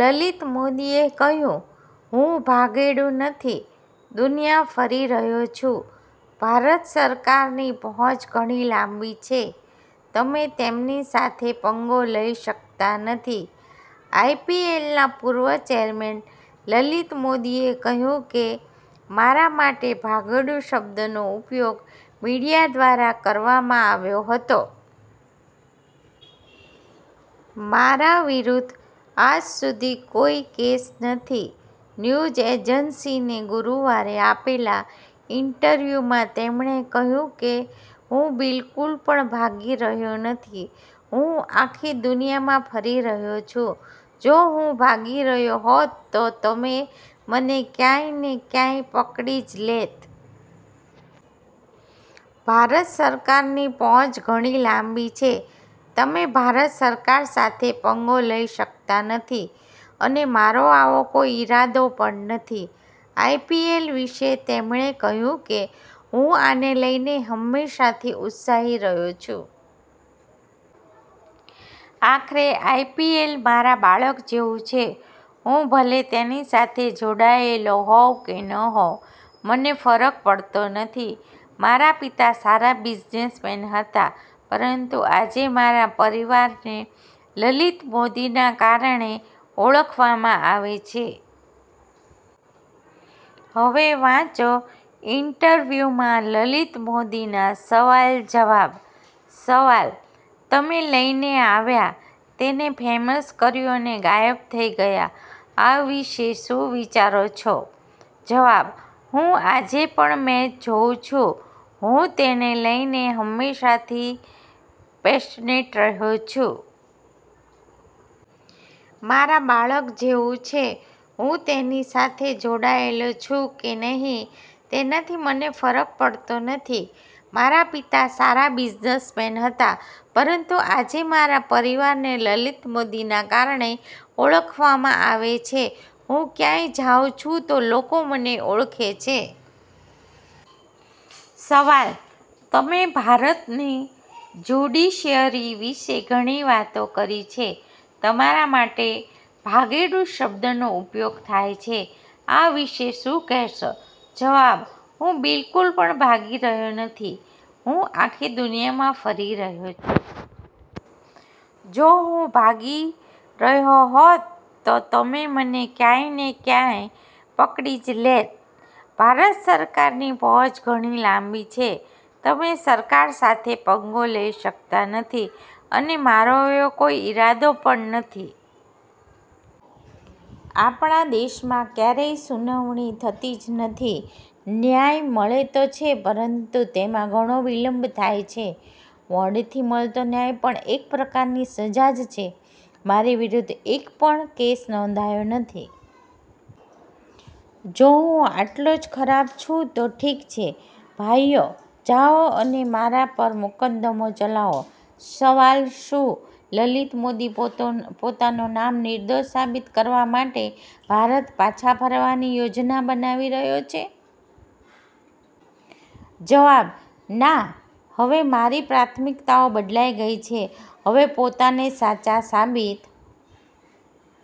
લલિત મોદીએ કહ્યું, " હું ભાગેડુ નથી, દુનિયા ફરી રહ્યો છું. ભારત સરકારની પહોંચ ઘણી લાંબી છે, તમે તેમની સાથે પંગો લઈ શકતા નથી. આઈપીએલના પૂર્વ ચેરમેન લલિત મોદીએ કહ્યું કે, "મારા માટે ભાગેડુ શબ્દનો ઉપયોગ મીડિયા દ્વારા કરવામાં આવ્યો હતો. મારા વિરુદ્ધ આજ સુધી કોઈ કેસ નથી." ન્યૂઝ એજન્સી ને ગુરુવારે આપેલા ઇન્ટરવ્યુમાં તેમણે કહ્યું, "કે હું બિલકુલ પણ ભાગી રહ્યો નથી. હું આખી દુનિયામાં ફરી રહ્યો છું. જો હું ભાગી રહ્યો હોત, તો તમે મને ક્યાંક ને ક્યાંક પકડી જ લેત. ભારત સરકારની પહોંચ ઘણી લાંબી છે. તમે ભારત સરકાર સાથે પંગો લઈ શકતા નથી. અને મારો આવો કોઈ ઇરાદો પણ નથી." આઈપીએલ વિશે તેમણે કહ્યું કે, "હું આને લઈને હંમેશાથી ઉત્સાહી રહ્યો છું. આખરે આઈપીએલ મારા બાળક જેવું છે. હું ભલે તેની સાથે જોડાયેલો હોઉં કે ન હોઉં, મને ફરક પડતો નથી. મારા પિતા સારા બિઝનેસમેન હતા, પરંતુ આજે મારા પરિવારને લલિત મોદીના કારણે ઓળખવામાં આવે છે." હવે વાંચો ઇન્ટરવ્યુમાં લલિત મોદીના સવાલ-જવાબ:- સવાલ: "તમે લઈને આવ્યા, તેને ફેમસ કર્યું અને ગાયબ થઈ ગયા. આ વિશે શું વિચારો છો?" જવાબ: "હું આજે પણ મેચ જોઉં છું. હું તેને લઈને હંમેશાથી પેશનેટ રહ્યો છું. મારા બાળક જેવું છે. હું તેની સાથે જોડાયેલો છું કે નહીં, તેનાથી મને ફરક પડતો નથી. મારા પિતા સારા બિઝનેસમેન હતા, પરંતુ આજે મારા પરિવારને લલિત મોદીના કારણે ઓળખવામાં આવે છે. હું ક્યાંય જાઉં છું તો લોકો મને ઓળખે છે. " સવાલ: "તમે ભારતની જ્યુડિશિયરી વિશે ઘણી વાતો કરી છે. તમારા માટે 'ભાગેડુ' શબ્દનો ઉપયોગ થાય છે. આ વિશે શું કહેશો?" જવાબ: "હું બિલકુલ પણ ભાગી રહ્યો નથી. હું આખી દુનિયામાં ફરી રહ્યો છું. જો હું ભાગી રહ્યો હોત, તો તમે મને ક્યાંક ને ક્યાંક પકડી જ લેત. ભારત સરકારની પહોંચ ઘણી લાંબી છે. તમે સરકાર સાથે પંગો લઈ શકતા નથી. અને મારો એવો કોઈ ઇરાદો પણ નથી. આપણા દેશમાં ક્યારેય સુનાવણી થતી જ નથી. ન્યાય મળે તો છે, પરંતુ તેમાં ઘણો વિલંબ થાય છે. મોડેથી મળતો ન્યાય પણ એક પ્રકારની સજા જ છે. મારી વિરુદ્ધ એક પણ કેસ નોંધાયો નથી. જો હું આટલો જ ખરાબ છું તો ઠીક છે, ભાઈઓ, જાઓ અને મારા પર મુકદ્દમો ચલાવો." સવાલ: "શું લલિત મોદી પોતાનું નામ નિર્દોષ સાબિત કરવા માટે ભારત પાછા ફરવાની યોજના બનાવી રહ્યા છે?" જવાબ: "ના, હવે મારી પ્રાથમિકતાઓ બદલાઈ ગઈ છે. હવે પોતાને સાચા સાબિત